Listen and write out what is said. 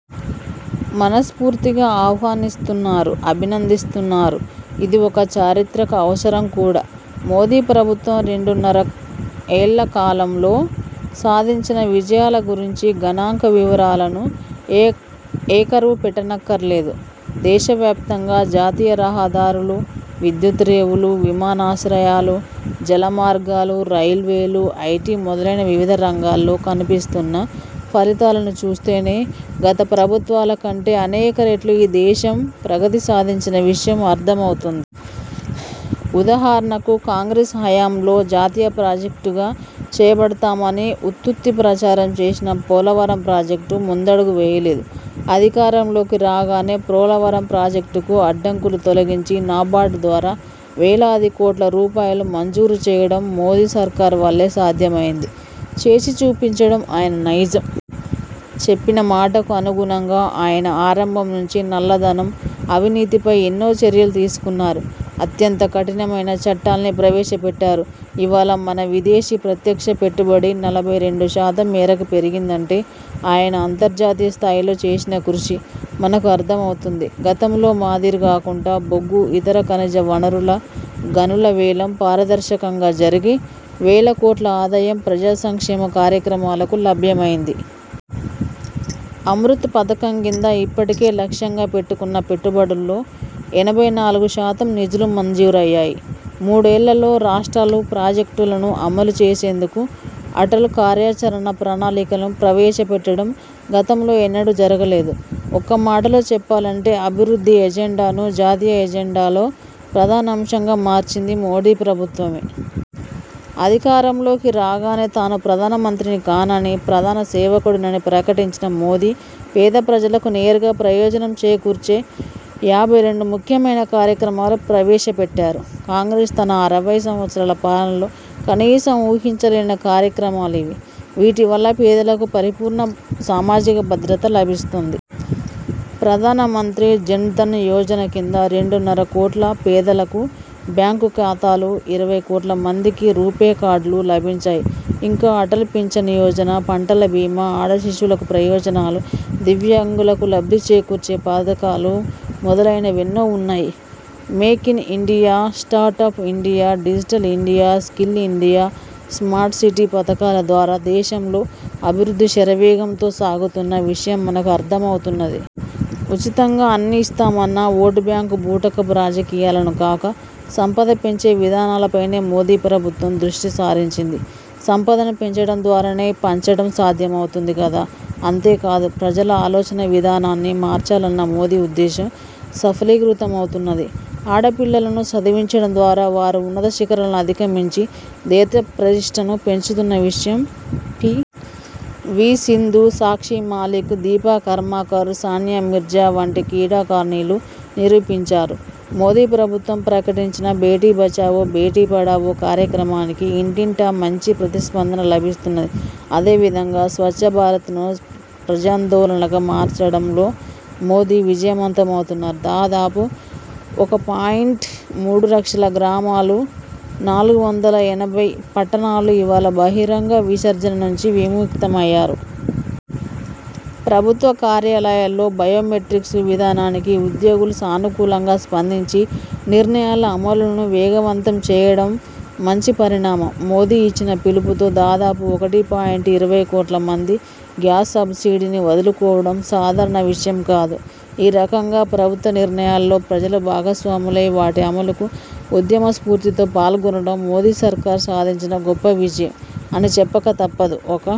మనస్ఫూర్తిగా ఆహ్వానిస్తున్నారు. అభినందిస్తున్నారు. ఇది ఒక చారిత్రక అవసరం కూడా. మోదీ ప్రభుత్వం రెండున్నర ఎళ్ల కాలంలో సాధించిన విజయాల గురించి గణాంక వివరాలను ఏ ఏ కరువు పెట్టనక్కర్లేదు. దేశవ్యాప్తంగా జాతీయ రహదారులు, విద్యుత్, రేవులు, విమానాశ్రయాలు, జలమార్గాలు, రైల్వేలు, ఐటీ మొదలైన వివిధ రంగాల్లో కనిపిస్తున్న ఫలితాలను చూస్తేనే గత ప్రభుత్వాల కంటే అనేక రెట్లు ఈ దేశం ప్రగతి సాధించిన విషయం అర్థమవుతుంది. ఉదాహరణకు కాంగ్రెస్ హయాంలో జాతీయ ప్రాజెక్టుగా చేపడతామని ఉత్తుత్తి ప్రచారం చేసినా పోలవరం ప్రాజెక్టు ముందడుగు వేయలేదు. అధికారంలోకి రాగానే పోలవరం ప్రాజెక్టుకు అడ్డంకులు తొలగించి నాబార్డు ద్వారా వేలాదికోట్ల రూపాయలు మంజూరు చేయడం మోదీ సర్కార్ వల్లే సాధ్యమైంది. చేసి చూపించడం ఆయన నైజం. చెప్పిన మాటకు అనుగుణంగా ఆయన ఆరంభం నుంచి నల్లధనం, అవినీతిపై ఎన్నో చర్యలు తీసుకున్నారు. అత్యంత కఠినమైన చట్టాల్ని ప్రవేశపెట్టారు. ఇవాళ మన విదేశీ ప్రత్యక్ష పెట్టుబడి నలభై రెండుశాతం మేరకు పెరిగిందంటే ఆయన అంతర్జాతీయ స్థాయిలో చేసిన కృషి మనకు అర్థమవుతుంది. గతంలో మాదిరి కాకుండా బొగ్గు, ఇతర ఖనిజ వనరుల గనుల వేలం పారదర్శకంగా జరిగి వేలకోట్ల ఆదాయం ప్రజా సంక్షేమ కార్యక్రమాలకు లభ్యమయింది. అమృత్ పథకం క్రింద ఇప్పటికే లక్ష్యంగా పెట్టుకున్న పెట్టుబడుల్లో ఎనభై నాలుగు శాతం నిధులు మంజూరయ్యాయి. మూడేళ్లలో రాష్ట్రాలు ప్రాజెక్టులను అమలు చేసేందుకు అటల్ కార్యాచరణ ప్రణాళికను ప్రవేశపెట్టడం గతంలో ఎన్నడూ జరగలేదు. ఒక్క మాటలో చెప్పాలంటే అభివృద్ధి ఎజెండాను జాతీయ ఎజెండాలో ప్రధానాంశంగా మార్చింది మోదీ ప్రభుత్వమే. అధికారంలోకి రాగానే తాను ప్రధానమంత్రిని కానని, ప్రధాన సేవకుడినని ప్రకటించిన మోదీ పేద ప్రజలకు నేరుగా ప్రయోజనం చేకూర్చే యాభై రెండు ముఖ్యమైన కార్యక్రమాలు ప్రవేశపెట్టారు. కాంగ్రెస్ తన అరవై సంవత్సరాల పాలనలో కనీసం ఊహించలేనన్ని కార్యక్రమాలివి. వీటివల్ల పేదలకు పరిపూర్ణ సామాజిక భద్రత లభిస్తుంది. ప్రధానమంత్రి జన్ ధన్ యోజన క్రింద రెండున్నర కోట్ల పేదలకు బ్యాంకు ఖాతాలు, ఇరవై కోట్ల మందికి రూపే కార్డులు లభించాయి. ఇంకా అటల్ పింఛన్ యోజన, పంటల భీమా, ఆడ శిశువులకు ప్రయోజనాలు, దివ్యాంగులకు లబ్ధి చేకూర్చే పథకాలు మొదలైనవెన్నో ఉన్నాయి. Make in India, startup India, digital India, skill India, smart city పథకాల ద్వారా దేశంలో అభివృద్ధి శరవేగంతో సాగుతున్న విషయం మనకు అర్థమవుతున్నది. ఉచితంగా అన్నీ ఇస్తామన్న ఓటు బ్యాంకు బూటకపు రాజకీయాలను కాక సంపద పెంచే విధానాలపైనే మోదీ ప్రభుత్వం దృష్టి సారించింది. సంపదను పెంచడం ద్వారానే పంచడం సాధ్యపడుతుంది కదా! అంతేకాదు, ప్రజల ఆలోచనా విధానాన్ని మార్చాలన్న మోదీ ఉద్దేశం సఫలీకృతమవుతున్నది. ఆడపిల్లలను చదివించడం ద్వారా వారు ఉన్నత శిఖరాలను అధిగమించి దేశ ప్రతిష్టను పెంచుతున్న విషయం పి. వి. సింధు, సాక్షి మాలిక్, దీపా కర్మాకర్, సానియా మీర్జా వంటి క్రీడాకారిణులు నిరూపించారు. మోదీ ప్రభుత్వం ప్రకటించిన బేటీ బచావో, బేటీ పడావో కార్యక్రమానికి ఇంటింటా మంచి ప్రతిస్పందన లభిస్తున్నది. అదేవిధంగా స్వచ్చభారత్ను ప్రజాందోళనగా మార్చడంలో మోదీ విజయవంతమవుతున్నారు. దాదాపు ఒక పాయింట్ మూడు లక్షల గ్రామాలు, నాలుగు వందల ఎనభై పట్టణాలు ఇవాళ బహిరంగ విసర్జన నుంచి విముక్తమయ్యాయి. ప్రభుత్వ కార్యాలయాల్లో బయోమెట్రిక్స్ విధానానికి ఉద్యోగులు సానుకూలంగా స్పందించి నిర్ణయాల అమలును వేగవంతం చేయడం మంచి పరిణామం. మోదీ ఇచ్చిన పిలుపుతో దాదాపు ఒకటి పాయింట్ ఇరవై కోట్ల మంది గ్యాస్ సబ్సిడీని వదులుకోవడం సాధారణ విషయం కాదు. ఈ రకంగా ప్రభుత్వ నిర్ణయాల్లో ప్రజలు భాగస్వాములై వాటి అమలుకు ఉద్యమ స్ఫూర్తితో పాల్గొనడం మోదీసర్కార్ సాధించిన గొప్పవిజయం అని చెప్పక తప్పదు. ఒక